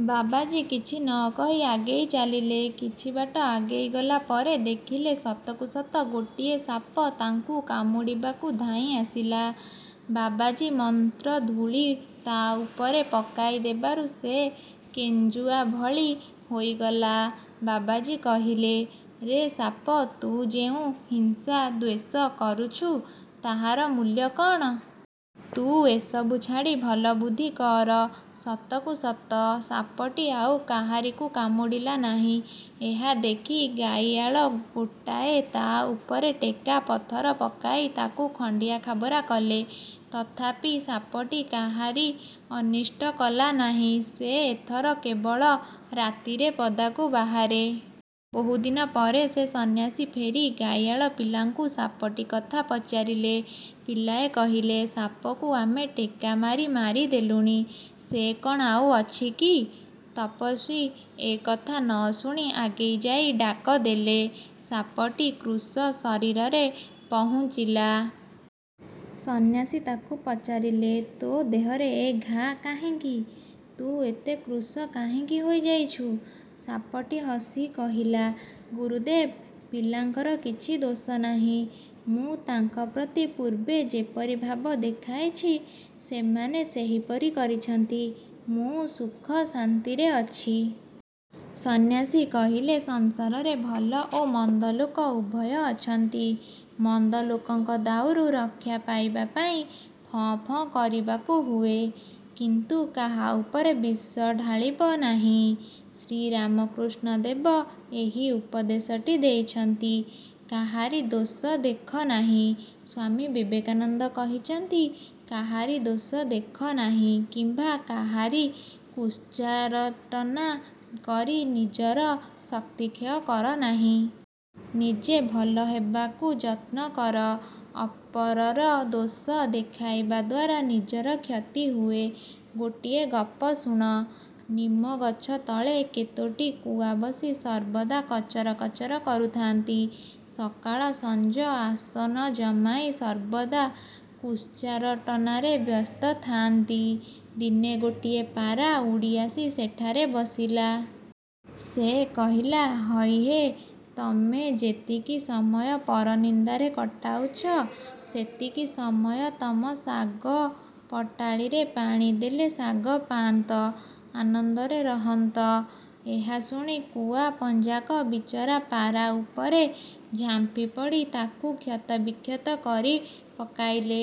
' ବାବାଜୀ କିଛି ନ କହି ଆଗେଇ ଚାଲିଲେ। କିଛି ବାଟ ଆଗେଇ ଗଲା ପରେ ଦେଖିଲେ ସତକୁ ସତ ଗୋଟିଏ ସାପ ତାଙ୍କୁ କାମୁଡ଼ିବାକୁ ଧାଇଁ ଆସିଲା। ବାବାଜୀ ମନ୍ତ୍ରଧୂଳି ତା'ଉପରେ ପକାଇ ଦେବାରୁ ସେ କେଞ୍ଚୁଆ ଭଳି ହୋଇଗଲା। ବାବାଜୀ କହିଲେ-'ରେ ସାପ, ତୁ ଯେଉଁ ହିଂସା-ଦ୍ୱେଷ କରୁଛୁ, ତାହାର ମୂଲ୍ୟ କ'ଣ? ତୁ ଏସବୁ ଛାଡ଼ି ଭଲ ବୁଦ୍ଧି କର। ' ସତକୁ ସତ, ସାପଟି ଆଉ କାହାରିକୁ କାମୁଡ଼ିଲା ନାହିଁ। ଏହା ଦେଖି ଗାଈଆଳ ଟୋକାଏ ତା'ଉପରେ ଟେକା-ପଥର ପକାଇ ତାକୁ ଖଣ୍ତିଆଖାବରା କଲେ। ତଥାପି ସାପଟି କାହାରି ଅନିଷ୍ଟ କଲା ନାହିଁ। ସେ ଏଥର କେବଳ ରାତିରେ ପଦାକୁ ବାହାରେ। ବହୁଦିନ ପରେ ସେ ସନ୍ନ୍ୟାସୀ ଫେରି ଗାଈଆଳ ପିଲାଙ୍କୁ ସାପଟି କଥା ପଚାରିଲେ। ପିଲାଏ କହିଲେ-''ସାପକୁ ଆମେ ଟେକା ମାରି ମାରିଦେଲୁଣି। ସେ କ'ଣ ଆଉ ଅଛି କି? '' ତପସ୍ୱୀ ଏ କଥା ନ ଶୁଣି ଆଗେଇ ଯାଇ ଡାକ ଦେଲେ। ସାପଟି କୃଶ ଶରୀରରେ ପହୁଞ୍ଚିଲା। ସନ୍ନ୍ୟାସୀ ତାକୁ ପଚାରିଲେ-'ତୋ ଦେହରେ ଏ ଘା' କାହିଁକି? ତୁ ଏତେ କୃଶ କାହିଁକି ହୋଇଯାଇଛୁ? ' ସାପଟି ହସି କହିଲା, ''ଗୁରୁଦେବ, ପିଲାଙ୍କର କିଛି ଦୋଷ ନାହିଁ। ମୁଁ ତାଙ୍କ ପ୍ରତି ପୂର୍ବେ ଯେପରି ଭାବ ଦେଖାଇଛି, ସେମାନେ ସେହିପରି କରିଛନ୍ତି। ମୁଁ ସୁଖ-ଶାନ୍ତିରେ ଅଛି। '' ସନ୍ନ୍ୟାସୀ କହିଲେ-'ସଂସାରରେ ଭଲ ଓ ମନ୍ଦଲୋକ ଉଭୟ ଅଛନ୍ତି। ମନ୍ଦଲୋକଙ୍କ ଦାଉରୁ ରକ୍ଷା ପାଇବା ପାଇଁ ଫଁ ଫଁ କରିବାକୁ ହୁଏ, କିନ୍ତୁ କାହା ଉପରେ ବିଷ ଢାଳିବ ନାହିଁ। ' ଶ୍ରୀରାମକୃଷ୍ଣ ଦେବ ଏହି ଉପଦେଶଟି ଦେଇଛନ୍ତି। କାହାରି ଦୋଷ ଦେଖ ନାହିଁ ସ୍ୱାମୀ ବିବେକାନନ୍ଦ କହିଛନ୍ତି-କାହାରି ଦୋଷ ଦେଖ ନାହିଁ କିମ୍ୱା କାହାରି କୁତ୍ସାରଟନା କରି ନିଜର ଶକ୍ତିକ୍ଷୟ କର ନାହିଁ। ନିଜେ ଭଲ ହେବାକୁ ଯତ୍ନ କର। ଅପରର ଦୋଷ ଦେଖାଇବା ଦ୍ୱାରା ନିଜର କ୍ଷତି ହୁଏ। ଗୋଟିଏ ଗପ ଶୁଣ। ନିମଗଛ ତଳେ କେତୋଟି କୁଆ ବସି ସର୍ବଦା କଚର କଚର କରୁଥାନ୍ତି। ସକାଳ ସଞ୍ଜ ଆସନ ଜମାଇ ସର୍ବଦା କୁତ୍ସାରଟନାରେ ବ୍ୟସ୍ତ ଥାଆନ୍ତି। ଦିନେ ଗୋଟିଏ ପାରା ଉଡ଼ି ଆସି ସେଠାରେ ବସିଲା। ସେ କହିଲା, ''ହଇହେ, ତମେ ଯେତିକି ସମୟ ପରନିନ୍ଦାରେ କଟାଉଛ, ସେତିକି ସମୟ ତମ ଶାଗ ପଟାଳିରେ ପାଣି ଦେଲେ ଶାଗ ପାଆନ୍ତ। ଆନନ୍ଦରେ ରହନ୍ତ। '' ଏହା ଶୁଣି କୁଆ ପଞ୍ଝାକ ବିଚରା ପାରା ଉପରେ ଝାମ୍ପି ପଡ଼ି ତାକୁ କ୍ଷତବିକ୍ଷତ କରି ପକାଇଲେ।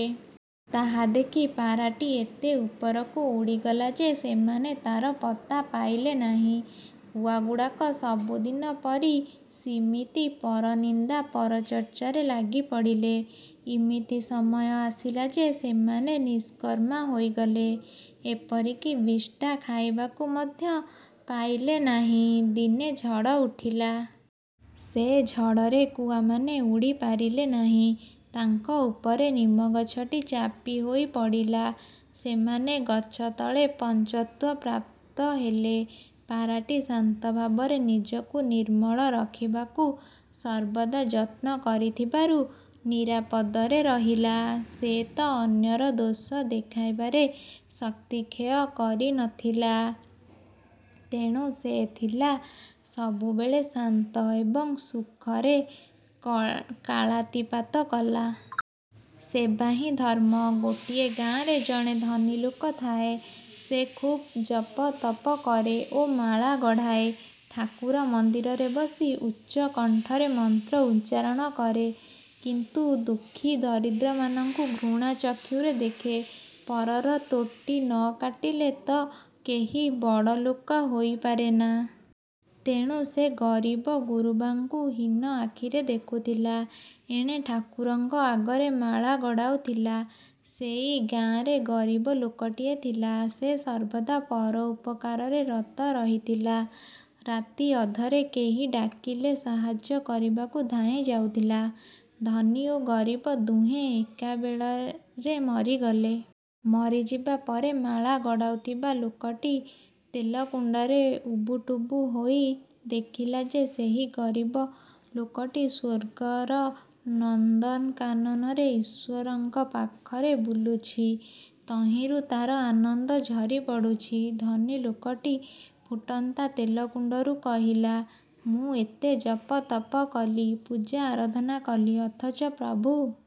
ତାହା ଦେଖି ପାରାଟି ଏତେ ଉପରକୁ ଉଡ଼ିଗଲା ଯେ ସେମାନେ ତାର ପତ୍ତା ପାଇଲେ ନାହିଁ। କୁଆଗୁଡ଼ାକ ସବୁଦିନ ପରି ସିମିତି ପରନିନ୍ଦା-ପରଚର୍ଚ୍ଚାରେ ଲାଗିପଡ଼ିଲେ। ଇମିତି ସମୟ ଆସିଲା ଯେ ସେମାନେ ନିଷ୍କର୍ମା ହୋଇଗଲେ। ଏପରିକି ବିଷ୍ଠା ଖାଇବାକୁ ମଧ୍ୟ ପାଇଲେ ନାହିଁ। ଦିନେ ଝଡ଼ ଉଠିଲା। ସେ ଝଡ଼ରେ କୁଆମାନେ ଉଡ଼ି ପାରିଲେ ନାହିଁ। ତାଙ୍କ ଉପରେ ନିମଗଛଟି ଚାପିହୋଇ ପଡ଼ିଲା। ସେମାନେ ଗଛତଳେ ପଞ୍ଚତ୍ୱ ପ୍ରାପ୍ତ ହେଲେ। ପାରାଟି ଶାନ୍ତ ଭାବରେ ନିଜକୁ ନିର୍ମଳ ରଖିବାକୁ ସର୍ବଦା ଯତ୍ନ କରିଥିବାରୁ ନିରାପଦରେ ରହିଲା। ସେ ତ ଅନ୍ୟର ଦୋଷ ଦେଖାଇବାରେ ଶକ୍ତିକ୍ଷୟ କରି ନଥିଲା, ତେଣୁ ସେ ଥିଲା ସବୁବେଳେ ଶାନ୍ତ ଏବଂ ସୁଖରେ କାଳାତିପାତ କଲା। ସେବାହିଁ ଧର୍ମ ଗୋଟିଏ ଗାଁରେ ଜଣେ ଧନୀ ଲୋକ ଥାଏ। ସେ ଖୁବ୍ ଜପତପ କରେ ଓ ମାଳା ଗଡ଼ାଏ। ଠାକୁର ମନ୍ଦିରରେ ବସି ଉଚ୍ଚ କଣ୍ଠରେ ମନ୍ତ୍ର ଉଚ୍ଚାରଣ କରେ। କିନ୍ତୁ ଦୁଃଖୀ ଦରିଦ୍ରମାନଙ୍କୁ ଘୃଣା ଚକ୍ଷୁରେ ଦେଖେ! ପରର ତୋଟି ନ କାଟିଲେ ତ କେହି ବଡ଼ ଲୋକ ହୋଇପାରେନା। ତେଣୁ ସେ ଗରିବ ଗୁରୁବାଙ୍କୁ ହୀନ ଆଖିରେ ଦେଖୁଥିଲା, ଏଣେ ଠାକୁରଙ୍କ ଆଗରେ ମାଳା ଗଡ଼ାଉ ଥିଲା। ସେଇ ଗାଁରେ ଗରିବ ଲୋକଟିଏ ଥିଲା। ସେ ସର୍ବଦା ପରୋପକାରରେ ରତ ରହିଥିଲା। ରାତିଅଧରେ କେହି ଡାକିଲେ ସାହାଯ୍ୟ କରିବାକୁ ଧାଇଁ ଯାଉଥିଲା। ଧନୀ ଓ ଗରିବ ଦୁହେଁ ଏକାବେଳରେ ମରିଗଲେ। ମରିଯିବା ପରେ ମାଳା ଗଡ଼ାଉଥିବା ଲୋକଟି ତେଲକୁଣ୍ତରେ ଉବୁଟୁବୁ ହୋଇ ଦେଖିଲା ଯେ ସେହି ଗରିବ ଲୋକଟି ସ୍ୱର୍ଗର ନନ୍ଦନକାନନରେ ଈଶ୍ୱରଙ୍କ ପାଖରେ ବୁଲୁଛି। ତହିଁରୁ ତା'ର ଆନନ୍ଦ ଝରିପଡ଼ୁଛି। ଧନୀଲୋକଟି ଫୁଟନ୍ତା ତେଲକୁଣ୍ତରୁ କହିଲା, ''ମୁଁ ଏତେ ଜପ-ତପ କଲି, ପୂଜା-ଆରାଧନା କଲି, ଅଥଚ ପ୍ରଭୁ!